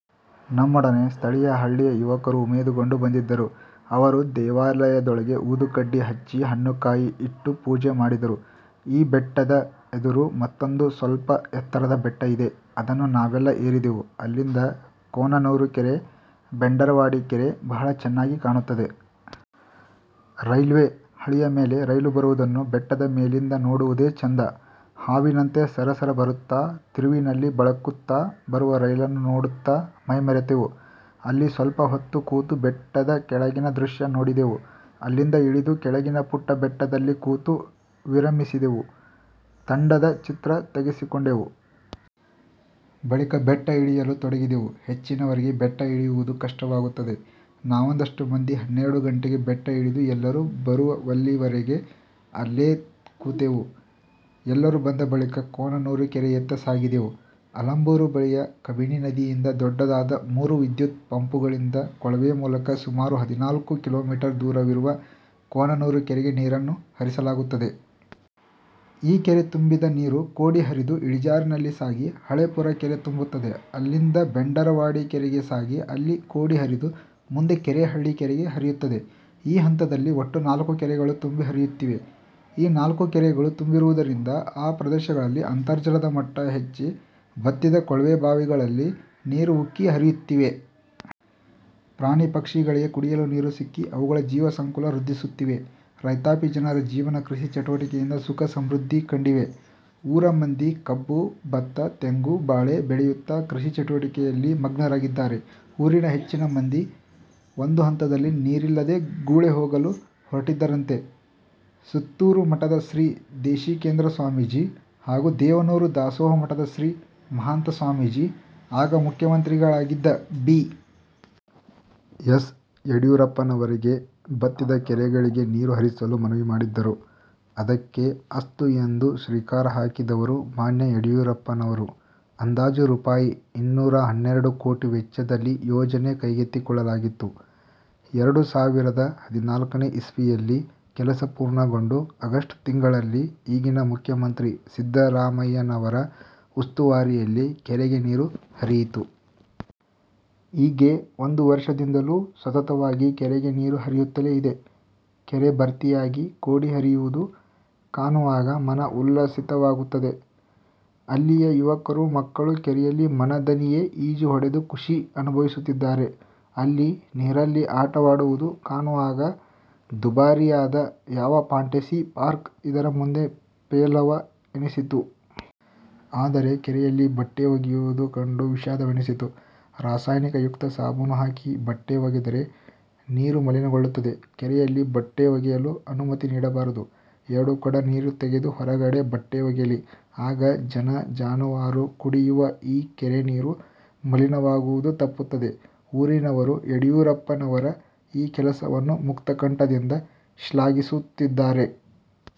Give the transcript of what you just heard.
ನಮ್ಮೊಡನೆ ಸ್ಥಳೀಯ ಹಳ್ಳಿಯ ಯುವಕರೂ ಉಮೇದುಗೊಂಡು ಬಂದಿದ್ದರು. ಅವರು ದೇವಾಲಯದೊಳಗೆ ಊದುಕಡ್ಡಿ ಹಚ್ಚಿ ಹಣ್ಣುಕಾಯಿ ಇಟ್ಟು ಪೂಜೆ ಮಾಡಿದರು. ಈ ಬೆಟ್ಟದ ಎದುರು ಮತ್ತೊಂದು ಸ್ವಲ್ಪ ಎತ್ತರದ ಬೆಟ್ಟ ಇದೆ. ಅದನ್ನೂ ನಾವೆಲ್ಲ ಏರಿದೆವು. ಅಲ್ಲಿಂದ ಕೋಣನೂರು ಕೆರೆ, ಬೆಂಡರವಾಡಿ ಕೆರೆ ಬಹಳ ಚೆನ್ನಾಗಿ ಕಾಣುತ್ತದೆ. ರೈಲ್ವೇ ಹಳಿಮೇಲೆ ರೈಲು ಬರುವುದನ್ನು ಬೆಟ್ಟದಮೇಲಿಂದ ನೋಡುವುದೇ ಚಂದ. ಹಾವಿನಂತೆ ಸರಸರ ಬರುತ್ತ, ತಿರುವಿನಲ್ಲಿ ಬಳುಕುತ್ತ ಬರುವ ರೈಲನ್ನು ನೋಡುತ್ತ ಮೈಮರೆತೆವು. ಅಲ್ಲಿ ಸ್ವಲ್ಪ ಹೊತ್ತು ಕೂತು ಬೆಟ್ಟದ ಕೆಳಗಿನ ದೃಶ್ಯ ನೋಡಿದೆವು. ಅಲ್ಲಿಂದ ಇಳಿದು ಕೆಳಗಿನ ಪುಟ್ಟಬೆಟ್ಟದಲ್ಲಿ ಕೂತು ವಿರಮಿಸಿದೆವು. ತಂಡದ ಚಿತ್ರ ತೆಗೆಸಿಕೊಂಡೆವು. ಬಳಿಕ ಬೆಟ್ಟ ಇಳಿಯಲು ತೊಡಗಿದೆವು. ಹೆಚ್ಚಿನವರಿಗೆ ಬೆಟ್ಟ ಇಳಿಯುವುದು ಕಷ್ಟವಾಗುತ್ತದೆ. ನಾವೊಂದಷ್ಟು ಮಂದಿ ಹನ್ನೆರಡು ಗಂಟೆಗೆ ಬೆಟ್ಟ ಇಳಿದು ಎಲ್ಲರೂ ಬರುವಲ್ಲಿವರೆಗೆ ಅಲ್ಲೇ ಕೂತೆವು. ಎಲ್ಲರೂ ಬಂದ ಬಳಿಕ ಕೋಣನೂರು ಕೆರೆಯತ್ತ ಸಾಗಿದೆವು. ಆಲಂಬೂರು ಬಳಿಯ ಕಬಿನಿ ನದಿಯಿಂದ ದೊಡ್ದದಾದ ಮೂರು ವಿದ್ಯುತ್ ಪಂಪುಗಳಿಂದ ಕೊಳವೆಮೂಲಕ ಸುಮಾರು ಹದಿನಾಲ್ಕು ಕಿಲೋಮೀಟರ್ ದೂರವಿರುವ ಕೋಣನೂರು ಕೆರೆಗೆ ನೀರನ್ನು ಹರಿಸಲಾಗುತ್ತದೆ. ಈ ಕೆರೆ ತುಂಬಿದ ನೀರು ಕೋಡಿ ಹರಿದು ಇಳಿಜಾರಿನಲ್ಲಿ ಸಾಗಿ ಹಳೇಪುರಕೆರೆ ತುಂಬುತ್ತದೆ. ಅಲ್ಲಿಂದ ಬೆಂಡರವಾಡಿಕೆರೆಗೆ ಸಾಗಿ ಅಲ್ಲಿ ಕೋಡಿ ಹರಿದು ಮುಂದೆ ಕೆರೆಹಳ್ಳಿ ಕೆರೆಗೆ ಹರಿಯುತ್ತದೆ. ಈ ಹಂತದಲ್ಲಿ ಒಟ್ಟು ನಾಲ್ಕು ಕೆರೆಗಳು ತುಂಬಿ ಹರಿಯುತ್ತಿವೆ. ಈ ನಾಲ್ಕೂಕೆರೆಗಳು ತುಂಬಿರುವುದರಿಂದ ಆ ಪ್ರದೇಶಗಳಲ್ಲಿ ಅಂತರ್ಜಲದ ಮಟ್ಟ ಹೆಚ್ಚಿ ಬತ್ತಿದ ಕೊಳವೆಬಾವಿಗಳಲ್ಲಿ ನೀರು ಉಕ್ಕಿ ಹರಿಯುತ್ತಿವೆ. ಪ್ರಾಣಿಪಕ್ಷಿಗಳಿಗೆ ಕುಡಿಯಲು ನೀರು ಸಿಕ್ಕಿ ಅವುಗಳ ಜೀವಸಂಕುಲ ವರ್ಧಿಸುತ್ತಿವೆ. ರೈತಾಪಿಜನರ ಜೀವನ ಕೃಷಿ ಚಟುವಟಿಕೆಯಿಂದ ಸುಖ ಸಮೃದ್ಧಿ ಕಂಡಿವೆ. ಊರಮಂದಿ ಕಬ್ಬು, ಭತ್ತ ತೆಂಗು ಬಾಳೆ ಬೆಳೆಯುತ್ತ ಕೃಷಿ ಚಟುವಟಿಕೆಯಲ್ಲಿ ಮಗ್ನರಾಗಿದ್ದಾರೆ. ಊರಿನ ಹೆಚ್ಚಿನಮಂದಿ ಒಂದುಹಂತದಲ್ಲಿ ನೀರಿಲ್ಲದೆ ಗುಳೆಹೋಗಲು ಹೊರಟಿದ್ದರಂತೆ. ಸುತ್ತೂರುಮಠದ ಶ್ರೀ ದೇಶಿಕೇಂದ್ರ ಸ್ವಾಮೀಜಿ, ಹಾಗೂ ದೇವನೂರು ದಾಸೋಹಮಠದ ಶ್ರೀ ಮಹಾಂತ ಸ್ವಾಮೀಜಿ ಆಗ ಮುಖ್ಯಮಂತ್ರಿಗಳಾಗಿದ್ದ ಬಿ. ಎಸ್. ಯಡಿಯೂರಪ್ಪನವರಿಗೆ ಬತ್ತಿದ ಕೆರೆಗಳಿಗೆ ನೀರು ಹರಿಸಲು ಮನವಿ ಮಾಡಿದ್ದರು. ಅದಕ್ಕೆ ಅಸ್ತು ಎಂದು ಶ್ರೀಕಾರ ಹಾಕಿದವರು ಮಾನ್ಯ ಯಡಿಯೂರಪ್ಪನವರು. ಅಂದಾಜು ರೂಪಾಯಿ. ಇನ್ನೂರ ಹನ್ನೆರಡು ಕೋಟಿ ವೆಚ್ಚದಲ್ಲಿ ಯೋಜನೆ ಕೈಗೆತ್ತಿಕೊಳ್ಳಲಾಗಿತ್ತು. ಎರಡು ಸಾವಿರದ ಹದಿನಾಲ್ಕನೇ ಇಸವಿಯಲ್ಲಿ ಕೆಲಸ ಪೂರ್ಣಗೊಂಡು ಆಗಸ್ಟ್ ತಿಂಗಳಲ್ಲಿ ಈಗಿನ ಮುಖ್ಯಮಂತ್ರಿ ಸಿದ್ದರಾಮಯ್ಯನವರ ಉಸ್ತುವಾರಿಯಲ್ಲಿ ಕೆರೆಗೆ ನೀರು ಹರಿಯಿತು. ಈಗ್ಗೆ ಒಂದು ವರ್ಷದಿಂದಲೂ ಸತತವಾಗಿ ಕೆರೆಗೆ ನೀರು ಹರಿಯುತ್ತಲೇ ಇದೆ. ಕೆರೆ ಭರ್ತಿಯಾಗಿ ಕೋಡಿ ಹರಿಯುವುದು ಕಾಣುವಾಗ ಮನ ಉಲ್ಲಸಿತವಾಗುತ್ತದೆ. ಅಲ್ಲಿಯ ಯುವಕರು ಮಕ್ಕಳು ಕೆರೆಯಲ್ಲಿ ಮನದಣಿಯೆ ಈಜು ಹೊಡೆದು ಖುಷಿ ಅನುಭವಿಸುತ್ತಿದ್ದಾರೆ. ಅಲ್ಲಿ ನೀರಲ್ಲಿ ಆಟವಾಡುವುದು ಕಾಣುವಾಗ ದುಬಾರಿಯಾದ ಯಾವ ಫಾಂಟೆಸಿ ಪಾರ್ಕ್ ಇದರ ಮುಂದೆ ಪೇಲವ ಎನಿಸಿತು. ಆದರೆ ಕೆರೆಯಲ್ಲಿ ಬಟ್ಟೆ ಒಗೆಯುವುದು ಕಂಡು ವಿಷಾದವೆನಿಸಿತು. ರಾಸಾಯನಿಯುಕ್ತ ಸಾಬೂನು ಹಾಕಿ ಬಟ್ಟೆ ಒಗೆದರೆ ನೀರು ಮಲೀನಗೊಳ್ಳುತ್ತದೆ. ಕೆರೆಯಲ್ಲಿ ಬಟ್ಟೆ ಒಗೆಯಲು ಅನುಮತಿ ನೀಡಬಾರದು. ಎರಡು ಕೊಡ ನೀರು ತೆಗೆದು ಹೊರಗೆ ಬಟ್ಟೆ ಒಗೆಯಲಿ. ಆಗ ಜನ ಜಾನುವಾರು ಕುಡಿಯುವ ಈ ಕೆರೆನೀರು ಮಲಿನವಾಗುವುದು ತಪ್ಪುತ್ತದೆ. ಊರಿನವರು ಯಡಿಯೂರಪ್ಪನವರ ಈ ಕೆಲಸವನ್ನು ಮುಕ್ತಕಂಠದಿಂದ ಶ್ಲಾಘಿಸುತ್ತಿದ್ದಾರೆ.